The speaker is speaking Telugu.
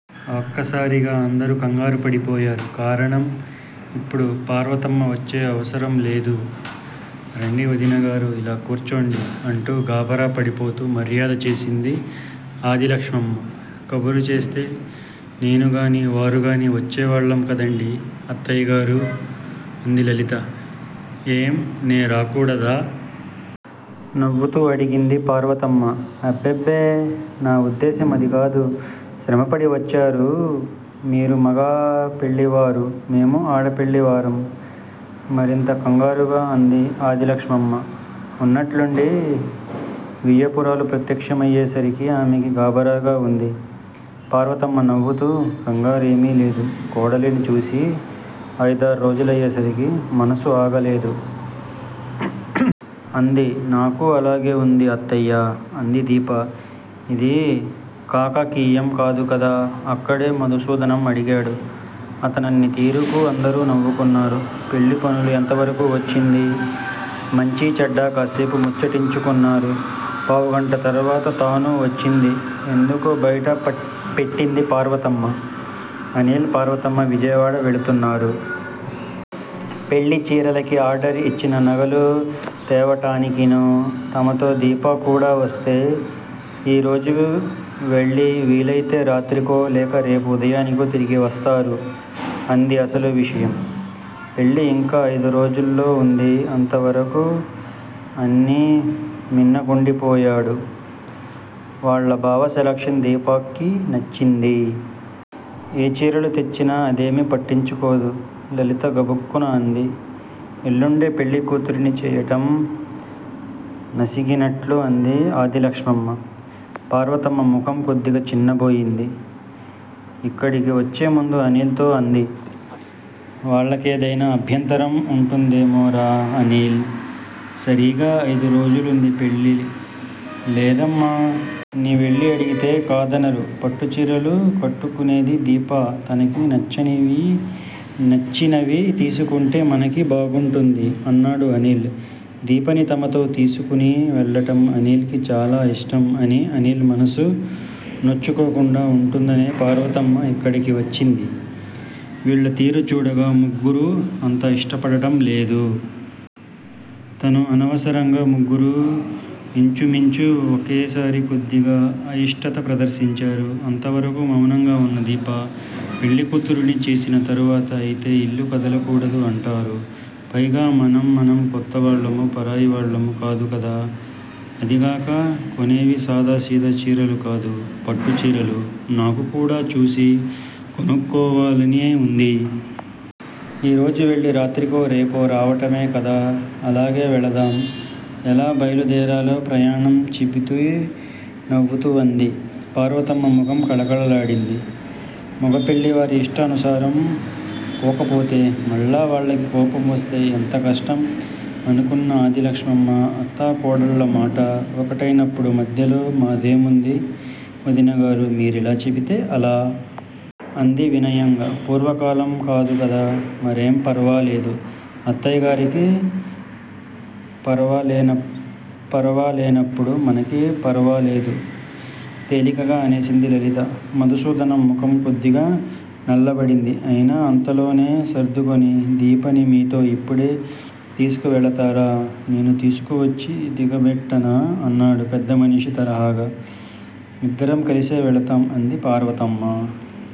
వక్కసారిగ అందరూ కంగారుపడి పోయారు కారణం. ఇప్పుడు పార్వతమ్మ వచ్చే అవసరం లేదు. రండి వదినగారూ! ఇలా కూర్చోండి. అంటూ గాభరా పడిపోతూ మర్యాద చేసింది ఆదిలక్ష్మమ్మ. కబురు చేస్తే నేనుగాని వారుగాని వచ్చే వాళ్ళం కదండీ అత్తయ్యగారూ. అంది లలిత. ఏం నే రాకూడదా! నవ్వుతూ అడిగింది పార్వతమ్మ. అబ్బెబ్బె నా వుద్దేశ్యం అదికాదు. శ్రమపడి వచ్చారు మీరా మగ పెళ్ళివారు, మేమా ఆడపెళ్ళి వారం. మరింత కంగారుగా అంది ఆదిలక్ష్మమ్మ వున్నట్లుండి వియ్యపురాలు ప్రత్యక్షమయ్యేసరికి ఆమెకి గాభరాగా వుంది. పార్వతమ్మ నవ్వుతూ కంగారు ఏమీలేదు. కోడలిని చూసి అయిదారు రోజులయేసరికి మనసు ఆగలేదు. అంది. నాకూ అలాగే వుంది అత్తయ్యా! అంది దీప. ఇది కాకాకీయం కాదుకదా. అక్కడే మధుసూదనం అడిగాడు. అతనన్న తీరుకి అందరూ నవ్వుకున్నారు. పెళ్ళి పనులు ఎంతవరకు వచ్చింది. మంచీచెడ్డా కాసేపు ముచ్చటించుకున్నారు. పావుగంట తర్వాత తాను వచ్చింది ఎందుకో బైట పెట్టింది పార్వతమ్మ. అనిల్ పార్వతమ్మ విజయవాడ వెళుతున్నారు. పెళ్ళి చీరలకి ఆర్డర్ ఇచ్చిన నగలు తేవటానికీను. తమతో దీప కూడా వస్తే ఈ రోజు వెళ్ళి వీలయితే రాత్రికో లేక రేపు ఉదయానికో తిరిగివస్తారు అదీ అసలు విషయం. పెళ్ళి ఇంకా అయిదు రోజుల్లో వుంది అంతవరకు అని మిన్నకుండిపోయాడు. వాళ్ళ బావ సెలక్షన్ దీపకి నచ్చింది. ఏ చీరలు తెచ్చినా అదేమీ పట్టించుకోదు లలిత గబుక్కున అంది. ఎళ్ళుండే పెళ్ళి కూతురిని చేయటం నసిగినట్లు అంది ఆదిలక్ష్మమ్మ. పార్వతమ్మ ముఖం కొద్దిగా చిన్నబోయింది. ఇక్కడికి వచ్చేముందు అనిల్ తో అంది. వాళ్ళకేదైనా అభ్యంతరం వుంటుందేమోరా అనీల్. సరీగ అయిదు రోజులువుంది పెళ్ళి. లేదమ్మా! నీవెళ్ళి అడిగితే కాదనరు పట్టుచీరలు కట్టుకునేది దీప తనకి నచ్చినవి తీసుకుంటే మనకి బాగుంటుంది. అన్నాడు అనిల్. దీపని తమతో తీసుకుని వెళ్ళటం అనిల్ కి చాలా ఇష్టం అని అనిల్ మనసు నొచ్చుకోకుండా వుంటుందనే పార్వతమ్మ ఇక్కడికి వచ్చింది వీళ్ళ తీరు చూడగా ముగ్గురు అంత ఇష్టపడటం లేదు. తను అనవసరంగ ముగ్గురు యించుమించు వకేసారి కొద్దిగ అయిష్టత ప్రదర్శించారు. అంతవరకు మౌనంగా వున్న దీప పెళ్ళికూతురుని చేసిం తరువాత అయితే ఇల్లు కదల కూడదు అంటారు. పైగా మనం మనం కొత్తవాళ్ళము పరాయి వాళ్ళము కాదు కదా! అదీగాక కొనేవి సాదా సీదా చీరలు కాదు పట్టుచీరలు, నాకు కూడా చూసి కొనుక్కోవాలనే వుంది. ఈరోజు వెళ్ళి రాత్రికో రేపో రావటమే కదా అలాగే వెళదాం. ఎలా బైలుదేరాలో ప్రయాణం చెపితే నవ్వుతూ అంది. పార్వతమ్మ ముఖం కళకళలాడింది. మొగ పెళ్ళివారి ఇష్టానుసారం పోకపోతే మళ్ళీ వాళ్ళకి కోపం వస్తే ఎంత కష్టం. అనుకున్న ఆదిలక్ష్మమ్మ అత్తా కోడళ్ళమాట వకటైనప్పుడు మధ్యలో మాదేముంది వదినగారూ మీరెలా చెపితే అలా. అంది వినయంగ. పూర్వకాలం కాదు కదా మరేం ఫరవాలేదు అత్తయ్యగారికి ఫరవాలేనప్పుడు మనకి ఫరవాలేదు. తేలికగా అనేసింది లలిత. మధుసూదనం ముఖం కొద్దిగా నల్లబడింది. అయినా అంతలోనే సర్దుకుని దీపని మీతో ఇప్పుడే తీసుకువెళతారా? నేను తీసుకువచ్చి దిగబెట్టనా అన్నాడు పెద్దమనిషి తరహాగా. ఇద్దరం కలిసే వెళతాము అంది పార్వతమ్మ.